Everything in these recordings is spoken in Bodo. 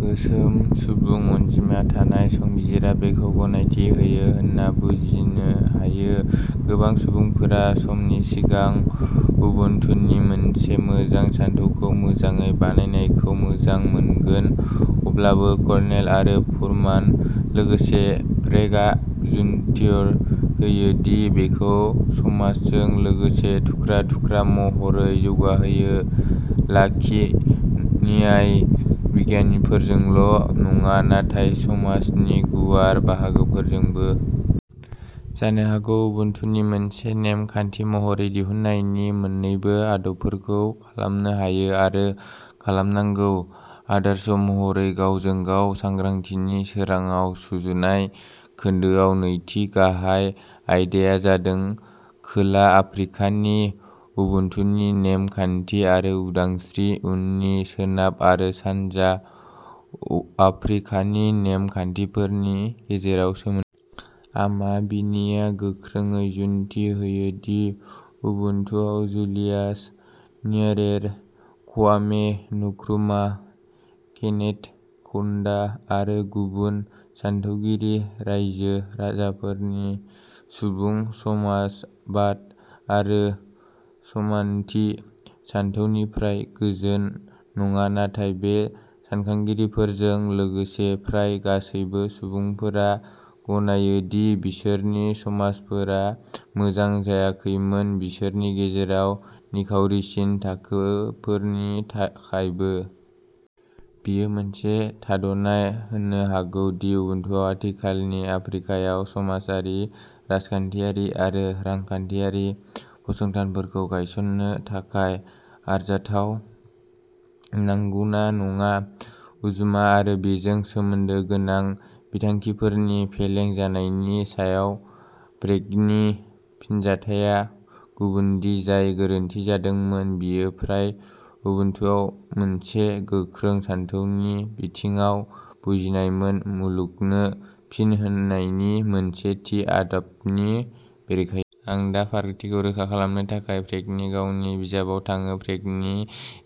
गोसोम सुबुं अनजिमा थानाय, संबिजिरा बेखौ गनायथि होयो होन्ना बुजिनो हायो। गोबां सुबुंफोरा समनि सिगां उबुन्टुनि मोनसे मोजां सानथौखौ मोजाङै बानायनायखौ मोजां मोनगोन। अब्लाबो कर्नेल आरो फुरमान, लोगोसे प्रेगआ जुक्ति होयो दि बेखौ समजों लोगोसे थुख्रा थुख्रा महरै जौगाहोयो, खालि न्याय बिगियानगिरिफोरजोंल' नङा, नाथाय समाजनि गुवार बाहागोफोरजोंबो। जानो हागौ, उबुन्टुनि मोनसे नेम खान्थि महरै दिहुननायनि मोन्नैबो आदबफोरखौ खालामनो हायो आरो खालामनांगौ, आदर्श महरै गावजों गाव सांग्रांथिनि सोरांङाव। सुजुनाय खोन्दोआव नैथि गाहाय आयदाया जादों खोला आफ्रिकानि उबुन्टुनि नेम खान्थि आरो उदांस्रिनि उननि सोनाब आरो सानजा आफ्रिकानि नेम खान्थिफोरनि गेजेराव सोमोन्दो। आमा बिनीया गोख्रोंयै जुक्ति होयो दि उबुन्टुआ Julius Nyerere, Kwame Nkrumah, Kenneth Kaunda आरो गुबुन सानथौगिरि रायजो-राजाफोरनि सुबुं समाजबाद आरो समानथि सानथौनिफ्राय गोजान नङा। नाथाय बे सानखांगिरिफोरजों लोगोसे फ्राय गासैबो सुबुंफोरा गनायो दि बिसोरनि समाजफोरा मोजां जायाखैमोन, बिसोरनि गेजेराव निखावरिसिन थाखोफोरनि थाखायबो। बेयो मोनसे थाद'नाय होनो हागौ दि उबुन्टुआ आथिखालनि आफ्रिकायाव समाजारि, राजखान्थियारि आरो रांखान्थियारि फसंथानफोरखौ गायसननो थाखाय आरजाथाव नंगौना नङा। उजामा आरो बेजों सोमोन्दो गोनां बिथांखिफोरनि फेलें जानायनि सायाव प्रेगनि फिनजाथाया गुबुनदि जाय गोरोन्थि जादोंमोन, बेयो फ्राय उबुन्टुआ मोनसे गोख्रों सानथौनि बिथिङाव बुजिनायमोन, मुलुगनो फिन होनायनि मोनसे थि आदबनि बेरेखायै। आं दा फारागथिखौ रोखा खालामनो थाखाय प्रेगनि गावनि बिजाबाव थाङो। प्रेगनि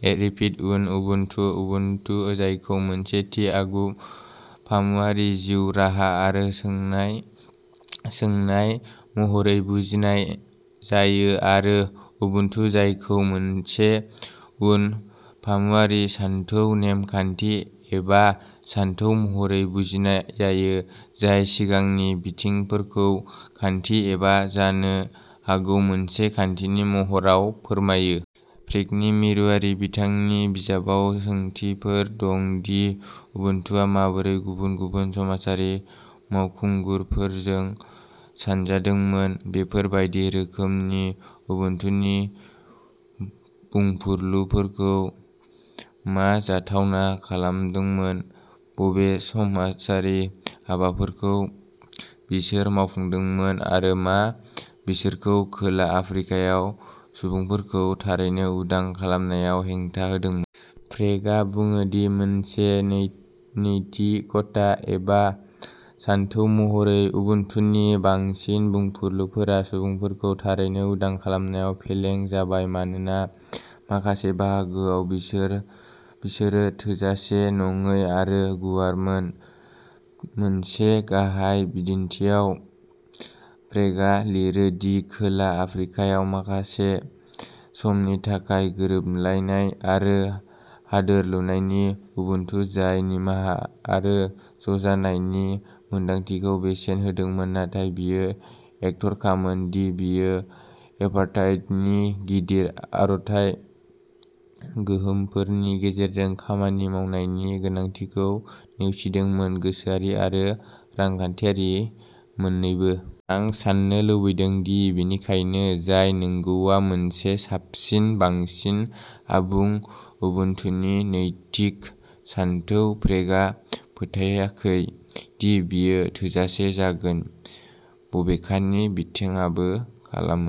ए रिप'र्ट अन उबुन्टुआ "उबुन्टु", जायखौ मोनसे थि आगु-फामुवारि जिउ राहा आरो सोंनाय-सोंनाय महरै बुजिनाय जायो आरो "उबुन्टु', जायखौ मोनसे उन फामुवारि सानथौ, नेम खान्थि एबा सानथौ महरै बुजिनाय जायो, जाय सिगांनि बिथिंफोरखौ खान्थि एबा जानो हागौ मोनसे खान्थिनि महराव फोरमायो। प्रेगनि मिरुआरि बिथांनि बिजाबाव सोंथिफोर दं दि उबुन्टुआ माबोरै गुबुन गुबुन समाजारि फावखुंगुरफोरजों सानजादोंमोन, बेफोर बायदि रोखोमनि उबुन्टुनि बुंफुरलुफोरखौ मा जाथावना खालामदोंमोन, बबे समाजारि हाबाफोरखौ बिसोर मावफुंदोंमोन आरो मा बिसोरखौ खोला आफ्रिकायाव सुबुंफोरखौ थारैनो उदां खालामनायाव हेंथा होदोंमोन। प्रेगआ बुङो दि मोनसे नैतिकता एबा सानथौ महरै उबुन्टुनि बांसिन बुंफुरलुफोरा सुबुंफोरखौ थारैनो उदां खालामनायाव फेलें जाबाय मानोना माखासे बाहागोआव बिसोरो थोजासे नङै आरो गुवारमोन। मोनसे गाहाय बिदिन्थिआव, प्रेगआ लिरो दि, खोला आफ्रिकायाव माखासे समनि थाखाय गोरोबलायनाय आरो हादोर-लुनायनि उबुन्टु, जाय निमाहा आरो ज' जानायनि मोनदांथिखौ बेसेन होदोंमोन नाथाय बेयो एकटरखामोन दि बेयो एपार्थाइडनि गिदिर अरथाय गोहोमफोरनि गेजेरजों खामानि मावनायनि गोनांथिखौ नेवसिदोंमोन, गोसोआरि आरो रांखान्थियारि मोन्नैबो। आं साननो लुबैदों दि बेनिखायनो जाय नांगौआ मोनसे साबसिन, बांसिन आबुं उबुन्टुनि नैतिक सानथौ। प्रेगआ फोथायाखै दि बेयो थोजासे जागोन, बबेखानि बिथाङाबो खालामो।